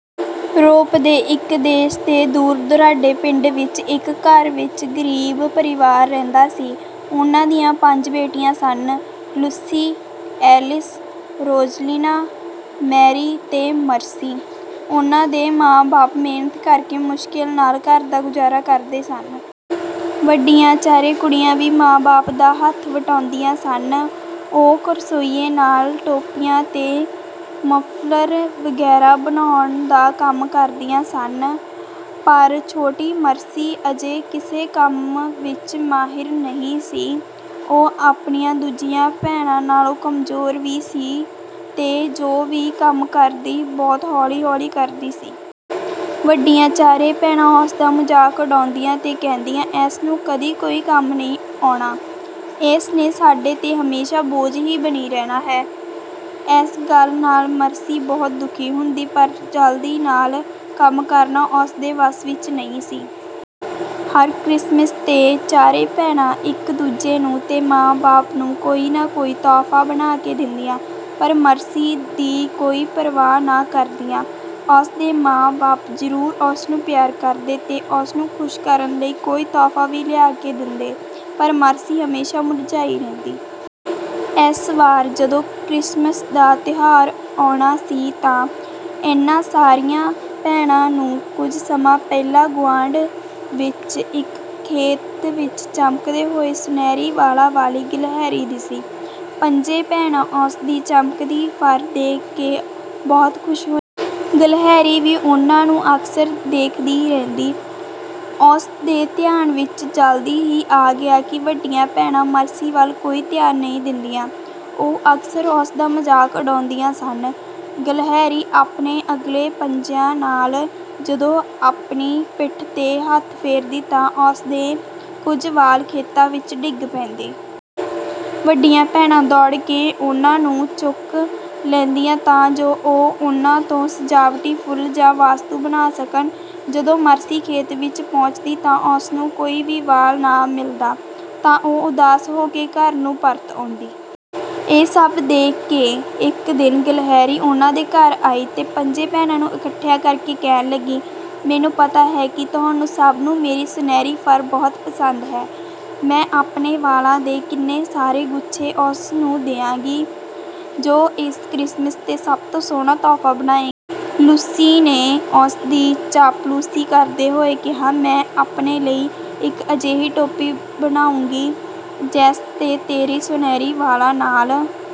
ਰੋਪ ਦੇ ਇੱਕ ਦੇਸ਼ ਦੇ ਦੂਰ-ਦੁਰਾਡੇ ਪਿੰਡ ਵਿੱਚ ਇੱਕ ਘਰ ਵਿੱਚ ਗ਼ਰੀਬ ਪਰਿਵਾਰ ਰਹਿੰਦਾ ਸੀ। ਉਨ੍ਹਾਂ ਦੀਆਂ ਪੰਜ ਬੇਟੀਆਂ ਸਨ—ਲੂਸੀ, ਐਲਿਸ, ਰੋਜ਼ਲੀਨਾ, ਮੈਰੀ ਤੇ ਮਰਸੀ। ਉਨ੍ਹਾਂ ਦੇ ਮਾਂ-ਬਾਪ ਮਿਹਨਤ ਕਰਕੇ ਮੁਸ਼ਕਿਲ ਨਾਲ ਘਰ ਦਾ ਗੁਜ਼ਾਰਾ ਕਰਦੇ ਸਨ। ਵੱਡੀਆਂ ਚਾਰੇ ਕੁੜੀਆਂ ਵੀ ਮਾਂ-ਬਾਪ ਦਾ ਹੱਥ ਵਟਾਉਂਦੀਆਂ ਸਨ। ਉਹ ਕਰੋਸ਼ੀਏ ਨਾਲ ਟੋਪੀਆਂ ਤੇ ਮਫ਼ਲਰ ਵਗੈਰਾ ਬੁਣਨ ਦਾ ਕੰਮ ਕਰਦੀਆਂ ਸਨ, ਪਰ ਛੋਟੀ ਮਰਸੀ ਅਜੇ ਕਿਸੇ ਕੰਮ ਵਿੱਚ ਮਾਹਿਰ ਨਹੀਂ ਸੀ। ਉਹ ਆਪਣੀਆਂ ਦੂਜੀਆਂ ਭੈਣਾਂ ਨਾਲੋਂ ਕਮਜ਼ੋਰ ਵੀ ਸੀ ਤੇ ਜੋ ਵੀ ਕੰਮ ਕਰਦੀ, ਬਹੁਤ ਹੌਲੀ-ਹੌਲੀ ਕਰਦੀ ਸੀ। ਵੱਡੀਆਂ ਚਾਰੇ ਭੈਣਾਂ ਉਸ ਦਾ ਮਜ਼ਾਕ ਉਡਾਉਂਦੀਆਂ ਤੇ ਕਹਿੰਦੀਆਂ, “ਇਸ ਨੂੰ ਕਦੀ ਕੋਈ ਕੰਮ ਨਹੀਂ ਆਉਣਾ। ਇਸ ਨੇ ਸਾਡੇ ’ਤੇ ਹਮੇਸ਼ਾਂ ਬੋਝ ਹੀ ਬਣੀ ਰਹਿਣਾ ਹੈ।”ਇਸ ਗੱਲ ਨਾਲ ਮਰਸੀ ਬਹੁਤ ਦੁਖੀ ਹੁੰਦੀ, ਪਰ ਜਲਦੀ ਨਾਲ ਕੰਮ ਕਰਨਾ ਉਸ ਦੇ ਵੱਸ ਵਿੱਚ ਨਹੀਂ ਸੀ। ਹਰ ਕ੍ਰਿਸਮਸ ’ਤੇ ਚਾਰੇ ਭੈਣਾਂ ਇੱਕ-ਦੂਜੇ ਨੂੰ ਤੇ ਮਾਂ-ਬਾਪ ਨੂੰ ਕੋਈ ਨਾ ਕੋਈ ਤੋਹਫ਼ਾ ਬਣਾ ਕੇ ਦਿੰਦੀਆਂ, ਪਰ ਮਰਸੀ ਦੀ ਕੋਈ ਪਰਵਾਹ ਨਾ ਕਰਦੀਆਂ। ਉਸ ਦੇ ਮਾਂ-ਬਾਪ ਜ਼ਰੂਰ ਉਸ ਨੂੰ ਪਿਆਰ ਕਰਦੇ ਤੇ ਉਸ ਨੂੰ ਖ਼ੁਸ਼ ਕਰਨ ਲਈ ਕੋਈ ਤੋਹਫ਼ਾ ਵੀ ਲਿਆ ਕੇ ਦਿੰਦੇ, ਪਰ ਮਰਸੀ ਹਮੇਸ਼ਾਂ ਮੁਰਝਾਈ ਰਹਿੰਦੀ। ਇਸ ਵਾਰ ਜਦੋਂ ਕ੍ਰਿਸਮਸ ਦਾ ਤਿਉਹਾਰ ਆਉਣਾ ਸੀ ਤਾਂ ਇਨ੍ਹਾਂ ਸਾਰੀਆਂ ਭੈਣਾਂ ਨੂੰ ਕੁਝ ਸਮਾਂ ਪਹਿਲਾਂ ਗੁਆਂਢ ਵਿੱਚ ਇੱਕ ਖੇਤ ਵਿੱਚ ਚਮਕਦੇ ਹੋਏ ਸੁਨਹਿਰੀ ਵਾਲਾਂ ਵਾਲੀ ਗਲਹਿਰੀ ਦਿਸੀ। ਪੰਜੇ ਭੈਣਾਂ ਉਸ ਦੀ ਚਮਕਦੀ ਫ਼ਰ ਦੇਖ ਕੇ ਬਹੁਤ ਖ਼ੁਸ਼ ਹੋਈਆਂ। ਗਲਹਿਰੀ ਵੀ ਉਨ੍ਹਾਂ ਨੂੰ ਅਕਸਰ ਦੇਖਦੀ ਰਹਿੰਦੀ। ਉਸ ਦੇ ਧਿਆਨ ਵਿੱਚ ਜਲਦੀ ਹੀ ਆ ਗਿਆ ਕਿ ਵੱਡੀਆਂ ਭੈਣਾਂ ਮਰਸੀ ਵੱਲ ਕੋਈ ਧਿਆਨ ਨਹੀਂ ਦਿੰਦੀਆਂ। ਉਹ ਅਕਸਰ ਉਸ ਦਾ ਮਜ਼ਾਕ ਉਡਾਉਂਦੀਆਂ ਸਨ। ਗਲਹਿਰੀ ਆਪਣੇ ਅਗਲੇ ਪੰਜਿਆਂ ਨਾਲ ਜਦੋਂ ਆਪਣੀ ਪਿੱਠ ’ਤੇ ਹੱਥ ਫੇਰਦੀ ਤਾਂ ਉਸ ਦੇ ਕੁਝ ਵਾਲ ਖੇਤਾਂ ਵਿੱਚ ਡਿੱਗ ਪੈਂਦੇ। ਵੱਡੀਆਂ ਭੈਣਾਂ ਦੌੜ ਕੇ ਉਨ੍ਹਾਂ ਨੂੰ ਚੁੱਕ ਲੈਂਦੀਆਂ ਤਾਂ ਜੋ ਉਹ ਉਨ੍ਹਾਂ ਤੋਂ ਸਜਾਵਟੀ ਫੁੱਲ ਜਾਂ ਵਸਤਾਂ ਬਣਾ ਸਕਣ। ਜਦੋਂ ਮਰਸੀ ਖੇਤ ਵਿੱਚ ਪਹੁੰਚਦੀ ਤਾਂ ਉਸ ਨੂੰ ਕੋਈ ਵੀ ਵਾਲ ਨਾ ਮਿਲਦਾ, ਤਾਂ ਉਹ ਉਦਾਸ ਹੋ ਕੇ ਘਰ ਨੂੰ ਪਰਤ ਆਉਂਦੀ। ਇਹ ਸਭ ਦੇਖ ਕੇ ਇੱਕ ਦਿਨ ਗਲਹਿਰੀ ਉਨ੍ਹਾਂ ਦੇ ਘਰ ਆਈ ਤੇ ਪੰਜਾਂ ਭੈਣਾਂ ਨੂੰ ਇਕੱਠਿਆਂ ਕਰਕੇ ਕਹਿਣ ਲੱਗੀ, “ਮੈਨੂੰ ਪਤਾ ਹੈ ਕਿ ਤੁਹਾਨੂੰ ਸਭ ਨੂੰ ਮੇਰੀ ਸੁਨਹਿਰੀ ਫ਼ਰ ਬਹੁਤ ਪਸੰਦ ਹੈ। ਮੈਂ ਆਪਣੇ ਵਾਲਾਂ ਦੇ ਕਿੰਨੇ ਸਾਰੇ ਗੁੱਛੇ ਉਸ ਨੂੰ ਦਿਆਂਗੀ, ਜੋ ਇਸ ਕ੍ਰਿਸਮਸ ’ਤੇ ਸਭ ਤੋਂ ਸੋਹਣਾ ਤੋਹਫ਼ਾ ਬਣਾਏਗੀ।” ਲੂਸੀ ਨੇ ਉਸ ਦੀ ਚਾਪਲੂਸੀ ਕਰਦੇ ਹੋਏ ਕਿਹਾ, “ਮੈਂ ਆਪਣੇ ਲਈ ਇੱਕ ਅਜਿਹੀ ਟੋਪੀ ਬੁਣਾਂਗੀ, ਜਿਸ ’ਤੇ ਤੇਰੇ ਸੁਨਹਿਰੀ ਵਾਲਾਂ ਨਾਲ